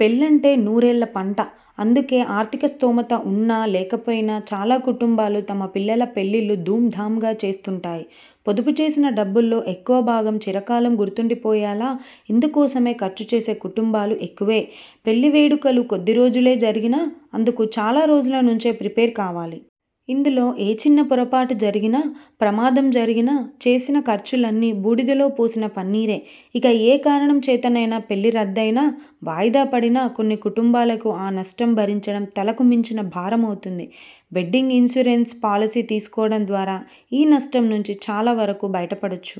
పెళ్లంటే నూరేళ్ల పంట. అందుకే ఆర్థిక స్థోమత ఉన్నా లేకపోయినా చాలా కుటుంబాలు, తమ పిల్లల పెళ్లిళ్లు ధూం ధాంగా చేస్తుంటాయి. పొదుపు చేసిన డబ్బుల్లో ఎక్కువ భాగం చిర కాలం గుర్తుండి పోయేలా ఇందు కోసమే ఖర్చు చేసే కుటుంబాలు ఎక్కువే. పెళ్లి వేడుకలు కొద్ది రోజులే జరిగినా అందుకు చాలా రోజుల నుంచే ప్రిపేర్ కావాలి. ఇందులో ఏ చిన్న పొరపాటు జరిగినా, ప్రమాదం జరిగినా చేసిన ఖర్చులన్నీ బూడిదలో పోసిన పన్నీరే. ఇక ఏ కారణం చేతనైనా పెళ్లి రద్దయినా, వాయిదా పడినా కొన్ని కుటుంబాలకు ఆ నష్టం భరించడం తలకు మించిన భారమవుతుంది. వెడ్డింగ్ ఇన్సూరెన్స్ పాలసీ తీసుకోవడం ద్వారా ఈ నష్టం నుంచి చాలా వరకు బయట పడొచ్చు.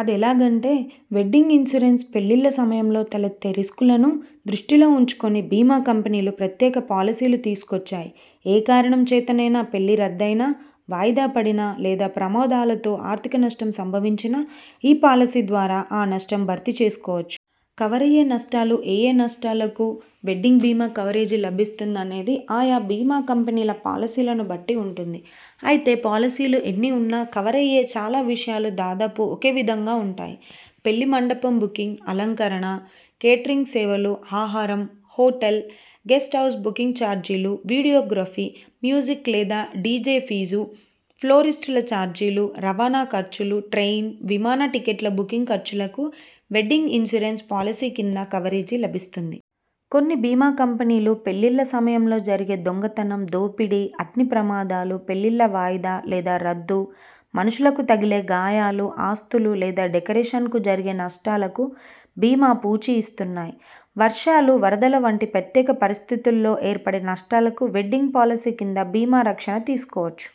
అదెలాగంటే వెడ్డింగ్ ఇన్సూరెన్స్ పెళ్లిళ్ల సమయంలో తలెత్తే రిస్కులను దృష్టిలో ఉంచుకుని బీమా కంపెనీలు ప్రత్యేక పాలసీలు తీసుకొచ్చాయి. ఏ కారణం చేతనైనా పెళ్లి రద్దయినా, వాయిదా పడినా లేదా ప్రమాదాలతో ఆర్థిక నష్టం సంభవించినా ఈ పాలసీ ద్వారా ఆ నష్టం భర్తీ చేసుకోవచ్చు. కవరయ్యే నష్టాలు ఏయే నష్టాలకు వెడ్డింగ్ బీమా కవరేజీ లభిస్తుందనేది ఆయా బీమా కంపెనీల పాలసీలను బట్టి ఉంటుంది. అయితే పాలసీలు ఎన్ని ఉన్నా కవరయ్యే చాలా విషయాలు దాదాపు ఒకే విధంగా ఉంటాయి. పెళ్లి మండపం బుకింగ్, అలంకరణ, కేటరింగ్ సేవలు, ఆహారం, హోటల్, గెస్ట్ హౌజ్ బుకింగ్ చార్జీలు, వీడియోగ్రఫీ, మ్యూజిక్ లేదా డిజె ఫీజు, ఫ్లోరిస్టుల చార్జీలు, రవాణా ఖర్చులు, ట్రైన్, విమాన టిక్కెట్ల బుకింగ్ ఖర్చులుకు వెడ్డింగ్ ఇన్సూరెన్స్ పాలసీ కింద కవరేజీ లభిస్తుంది. కొన్ని బీమా కంపెనీలు పెళ్లిళ్ల సమయంలో జరిగే దొంగ తనం, దోపిడి, అగ్ని ప్రమాదాలు, పెళ్లిళ్ల వాయిదా లేదా రద్దు, మనుషుల కు తగిలే గాయాలు, ఆస్తులు లేదా డెకరేషన్కు జరిగే నష్టాలకూ బీమా పూచి ఇస్తున్నాయి. వర్షాలు, వరదల వంటి ప్రత్యేక పరిస్థితుల్లో ఏర్పడే నష్టాలకూ వెడ్డింగ్ పాలసీ కింద బీమా రక్షణ తీసుకోవచ్చు.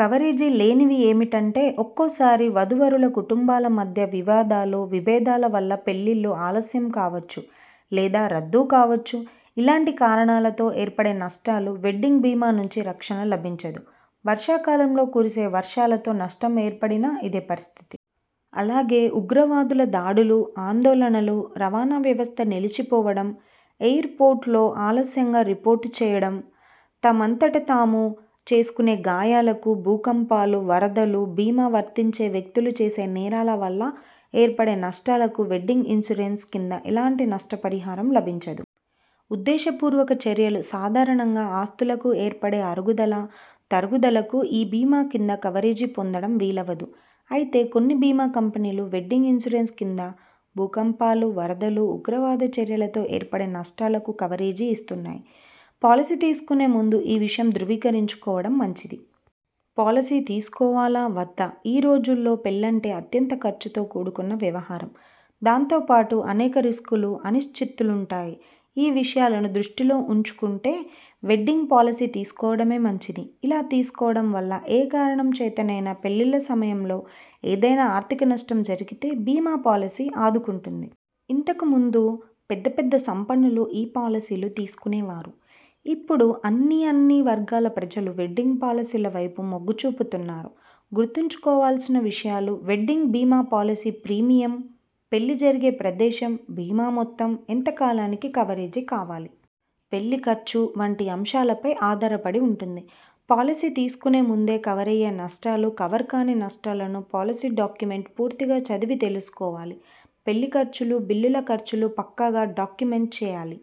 కవరేజీ లేనివి ఏమిటంటే, ఒక్కోసారి వధూవరుల కుటుంబాల మధ్య వివాదాలు, విభేదాల వల్ల పెళ్లిళ్లు ఆలస్యం కావచ్చు. లేదా రద్దు కావచ్చు. ఇలాంటి కారణాలతో ఏర్పడే నష్టాలు వెడ్డింగ్ బీమా నుంచి రక్షణ లభించదు. వర్షా కాలంలో కురిసే వర్షాలతో నష్టం ఏర్పడినా ఇదే పరిస్థితి. అలాగే ఉగ్రవాదుల దాడులు, ఆందోళనలు, రవాణా వ్యవస్థ నిలిచి పోవడం, ఎయుర్ పోర్టులో ఆలస్యంగా రిపోర్టు చేయడం, తమంతట తాము చేసుకునే గాయాలకు, భూకంపాలు, వరదలు, బీమా వర్తించే వ్యక్తులు చేసే నేరాల వల్ల ఏర్పడే నష్టాలకూ వెడ్డింగ్ ఇన్సూరెన్స్ కింద ఎలాంటి నష్ట పరిహారం లభించదు. ఉద్దేశ పూర్వక చర్యలు, సాధారణంగా ఆస్తులకు ఏర్పడే అరుగుదల, తరుగుదలకూ ఈ బీమా కింద కవరేజీ పొందడం వీలవదు. అయితే కొన్ని బీమా కంపెనీలు వెడ్డింగ్ ఇన్సూరెన్స్ కింద భూకంపాలు, వరదలు, ఉగ్రవాద చర్యలతో ఏర్పడే నష్టాలకూ కవరేజీ ఇస్తున్నాయి. పాలసీ తీసుకునే ముందే ఈ విషయం ధ్రువీకరించుకోవడం మంచిది. పాలసీ తీసుకోవాలా? వద్దా? ఈ రోజుల్లో పెళ్లంటే అత్యంత ఖర్చుతో కూడుకున్న వ్యవహారం. దాంతో పాటు అనేక రిస్కులు, అనిశ్చితులుంటాయి. ఈ విషయాలను దృష్టిలో ఉం చుకుంటే వెడ్డింగ్ పాలసీ తీసుకోవడమే మంచిది. ఇలా తీసుకోవడం వల్ల ఏ కారణం చేతనైనా పెళ్ళిళ్ల సమయంలో ఏదైనా ఆర్థిక నష్టం జరిగితే బీమా పాలసీ ఆదుకుంటుంది. ఇంతకు ముందు పెద్ద పెద్ద సంపన్నులు ఈ పాలసీలు తీసుకునేవారు. ఇపుడు అన్ని అన్ని వర్గాల ప్రజలు వెడ్డింగ్ పాలసీల వైపు మొగ్గు చూపుతున్నారు. గుర్తుంచుకోవాల్సిన విషయాలు వెడ్డింగ్ బీమా పాలసీ ప్రీమియం, పెళ్లి జరిగే ప్రదేశం, బీమా మొత్తం, ఎంత కాలానికి కవరేజీ కావాలి? పెళ్లి ఖర్చు వంటి అంశాలపై ఆధార పడి ఉంటుంది. పాలసీ తీసుకునే ముందే కవరయ్యే నష్టాలు, కవర్ కాని నష్టాలను పాలసీ డాక్యుమెంట్ పూర్తిగా చదివి తెలుసు కోవాలి. పెళ్లి ఖర్చులు, బిల్లుల ఖర్చులు పక్కాగా డాక్యుమెంట్ చేయాలి.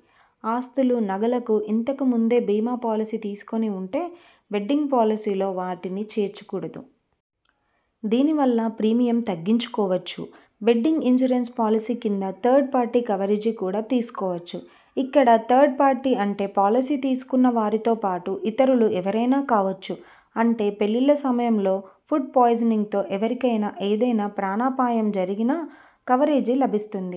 ఆస్తులు, నగలకు ఇంతకు ముందే బీమా పాలసీ తీసుకుని ఉంటే వెడ్డింగ్ పాలసీలో వాటిని చేర్చకూడదు. దీని వల్ల ప్రీమియం తగ్గించుకోవచ్చు. వెడ్డింగ్ ఇన్సూరెన్స్ పాలసీ కింద థర్డ్ పార్టీ కవరేజీ కూడా తీసుకోవచ్చు. ఇక్కడ థర్డ్ పార్టీ అంటే పాలసీ తీసుకున్న వారితో పాటు ఇతరులు ఎవరైనా కావచ్చు. అంటే పెళ్లిళ్ల సమయంలో ఫుడ్ పాయిజనింగ్తో ఎవరికైనా ఏదైనా ప్రాణా పాయం జరిగినా కవరేజీ లభిస్తుంది.